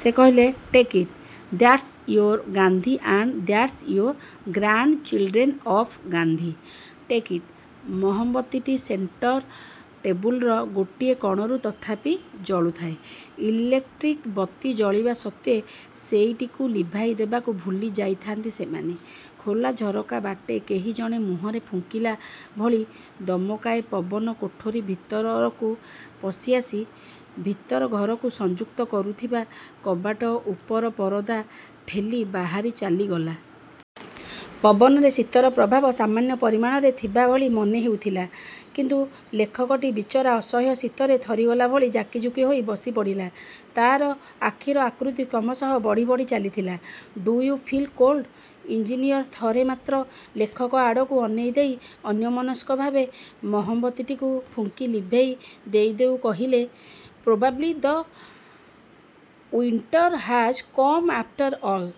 ସେ କହିଲେ, take it. That's your Gandhi and that's your grandchildren of Gandhi, take it. ମହମବତୀଟି centre ଟେବୁଲର ଗୋଟିଏ କଣରୁ ତଥାପି ଜଳୁଥାଏ। ଇଲେକ୍ଟ୍ରିକ ବତୀ ଜଳିବା ସତ୍ତ୍ୱେ ସେଇଟିକୁ ଲିଭାଇ ଦେବାକୁ ଭୁଲିଯାଇଥାନ୍ତି ସେମାନେ। ଖୋଲା ଝରକା ବାଟେ କେହି ଜଣେ ମୁହଁରେ ଫୁଙ୍କିଲା ଭଳି ଦମକାଏ ପବନ କୋଠରୀ ଭିତରକୁ ପଶିଆସି ଭିତର ଘରକୁ ସଂଯୁକ୍ତ କରୁଥିବା କବାଟ ଉପର ପରଦା ଠେଲି ବାହାରି ଚାଲିଗଲା। ପବନରେ ଶୀତର ପ୍ରଭାବ ସାମାନ୍ୟ ପରିମାଣରେ ଥିବା ଭଳି ମନେହେଉଥିଲା। କିନ୍ତୁ ଲେଖକଟି ବିଚରା ଅସହ୍ୟ ଶୀତରେ ଥରିଗଲା ଭଳି ଜାକିଜୁକି ହୋଇ ବସିପଡ଼ିଲା। ତାର ଆଖିର ଆକୃତି କ୍ରମଶଃ ବଢ଼ି ବଢ଼ି ଚାଲିଥିଲା। Do you feel cold? Engineer ଥରେ ମାତ୍ର ଲେଖକ ଆଡ଼କୁ ଅନେଇଦେଇ ଅନ୍ୟମନସ୍କ ଭାବେ ମହମବତୀଟିକୁ ଫୁଙ୍କି ଲିଭେଇ ଦେଉ ଦେଉ କହିଲେ, probably the winter has come after all.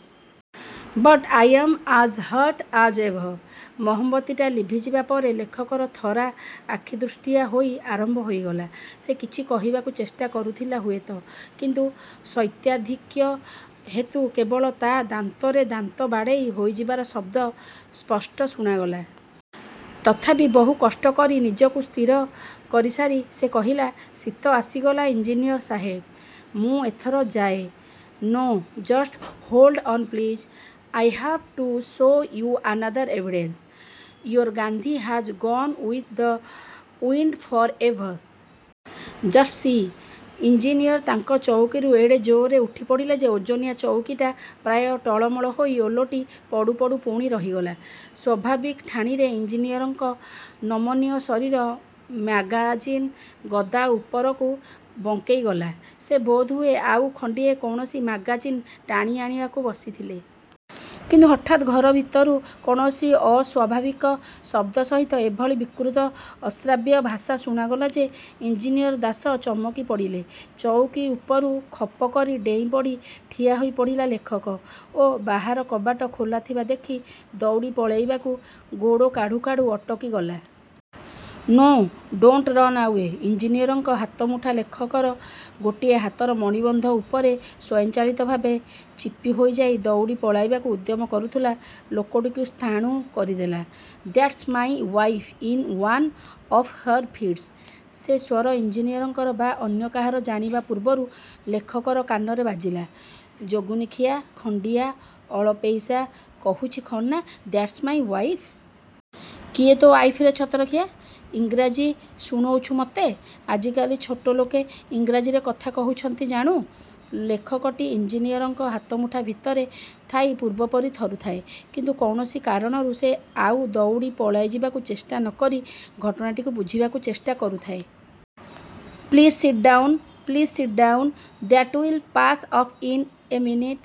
But I am as ହଟ ଆଜ ଏଭର। ମହମବତୀଟା ଲିଭିଯିବା ମାତ୍ରେ ଲେଖକର ଥରା ଆଖିଦୃଷ୍ଟିଆ ହୋଇ ଆରମ୍ଭ ହୋଇଗଲା। ସେ କିଛି କହିବାକୁ ଚେଷ୍ଟା କରୁଥିଲା ହୁଏତ, କିନ୍ତୁ ଶୈତ୍ୟାଧିକ୍ୟ ହେତୁ କେବଳ ତା' ଦାନ୍ତରେ ଦାନ୍ତ ବାଡ଼େଇ ହୋଇଯିବାର ଶବ୍ଦ ସ୍ପଷ୍ଟ ଶୁଣାଗଲା। ତଥାପି ବହୁ କଷ୍ଟ କରି ନିଜକୁ ସ୍ଥିର କରିସାରି ସେ କହିଲା, ଶୀତ ଆସିଗଲା ଇଞ୍ଜିନିୟର ସାହେବ, ମୁଁ ଏଥର ଯାଏ! No, just hold on please. I have to show you another evidence! Your Gandhi has gone with the wind for ever! Just see! Engineer ତାଙ୍କ ଚଉକିରୁ ଏଡ଼େ ଜୋରରେ ଉଠିପଡ଼ିଲେ ଯେ ଓଜନିଆ ଚଉକିଟା ପ୍ରାୟ ଟଳମଳ ହୋଇ ଓଲଟି ପଡ଼ୁପଡ଼ୁ ପୁଣି ରହିଗଲା। ସ୍ୱାଭାବିକ ଠାଣିରେ ଇଞ୍ଜିନିୟରଙ୍କ ନମନୀୟ ଶରୀର ମ୍ୟାଗାଜିନ ଗଦା ଉପରକୁ ବଙ୍କେଇଗଲା। ସେ ବୋଧହୁଏ ଆଉ ଖଣ୍ଡିଏ କୌଣସି ମ୍ୟାଗାଜିନ ଟାଣିଆଣିବାକୁ ବସିଥିଲେ। କିନ୍ତୁ ହଠାତ୍ ଘର ଭିତରୁ କୌଣସି ଅସ୍ୱାଭାବିକ ଶବ୍ଦ ସହିତ ଏଭଳି ବିକୃତ ଅଶ୍ରାବ୍ୟ ଭାଷା ଶୁଣାଗଲା ଯେ ଇଞ୍ଜିନିୟର ଦାସ ଚମକି ପଡ଼ିଲେ। ଚଉକି ଉପରୁ ଖପକରି ଡେଇଁପଡ଼ି ଠିଆ ହୋଇପଡ଼ିଲା ଲେଖକ ଓ ବାହାର କବାଟ ଖୋଲାଥିବା ଦେଖି ଦଉଡ଼ି ପଳେଇବାକୁ ଗୋଡ଼ କାଢ଼ୁ କାଢ଼ୁ ଅଟକିଗଲା। No, don't run away! ଇଞ୍ଜିନିୟରଙ୍କ ହାତମୁଠା ଲେଖକର ଗୋଟିଏ ହାତର ମଣିବନ୍ଧ ଉପରେ ସ୍ୱୟଂଚାଳିତ ଭାବେ ଚିପିହୋଇଯାଇ ଦଉଡ଼ି ପଳାଇବାକୁ ଉଦ୍ୟମ କରୁଥିବା ଲୋକଟିକୁ ସ୍ଥାଣୁ କରିଦେଲା। That's my wife in one of her fits! ସେ ସ୍ୱର ଇଞ୍ଜିନିୟରଙ୍କର ବା ଅନ୍ୟ କାହାର ଜାଣିବା ପୂର୍ବରୁ ଲେଖକର କାନରେ ବାଜିଲା, ଯୋଗିନୀଖିଆ, ଖଣ୍ଡିଆ, ଅଳପେଇଷା, କହୁଛି କ'ଣ ନା ଦ୍ୟାଟ୍ସ ମାଇଁ ୱାଇଫ। କିଏ ତୋ ୱାଇଫ ରେ ଛତରଖିଆ! ଇଂରାଜୀ ଶୁଣୋଉଛୁ ମତେ? ଆଜିକାଲି ଛୋଟଲୋକେ ଇଂରେଜୀରେ କଥା କହୁଛନ୍ତି, ଜାଣୁ? ଲେଖକଟି ଇଞ୍ଜିନିୟରଙ୍କ ହାତମୁଠା ଭିତରେ ଥାଇ ପୂର୍ବପରି ଥରୁଥାଏ। କିନ୍ତୁ କୌଣସି କାରଣରୁ ସେ ଆଉ ଦଉଡ଼ି ପଳେଇଯିବାକୁ ଚେଷ୍ଟା ନ କରି ଘଟଣାଟିକୁ ବୁଝିବାକୁ ଚେଷ୍ଟା କରୁଥାଏ। Please sit down, please sit down, that will pass off in a minute!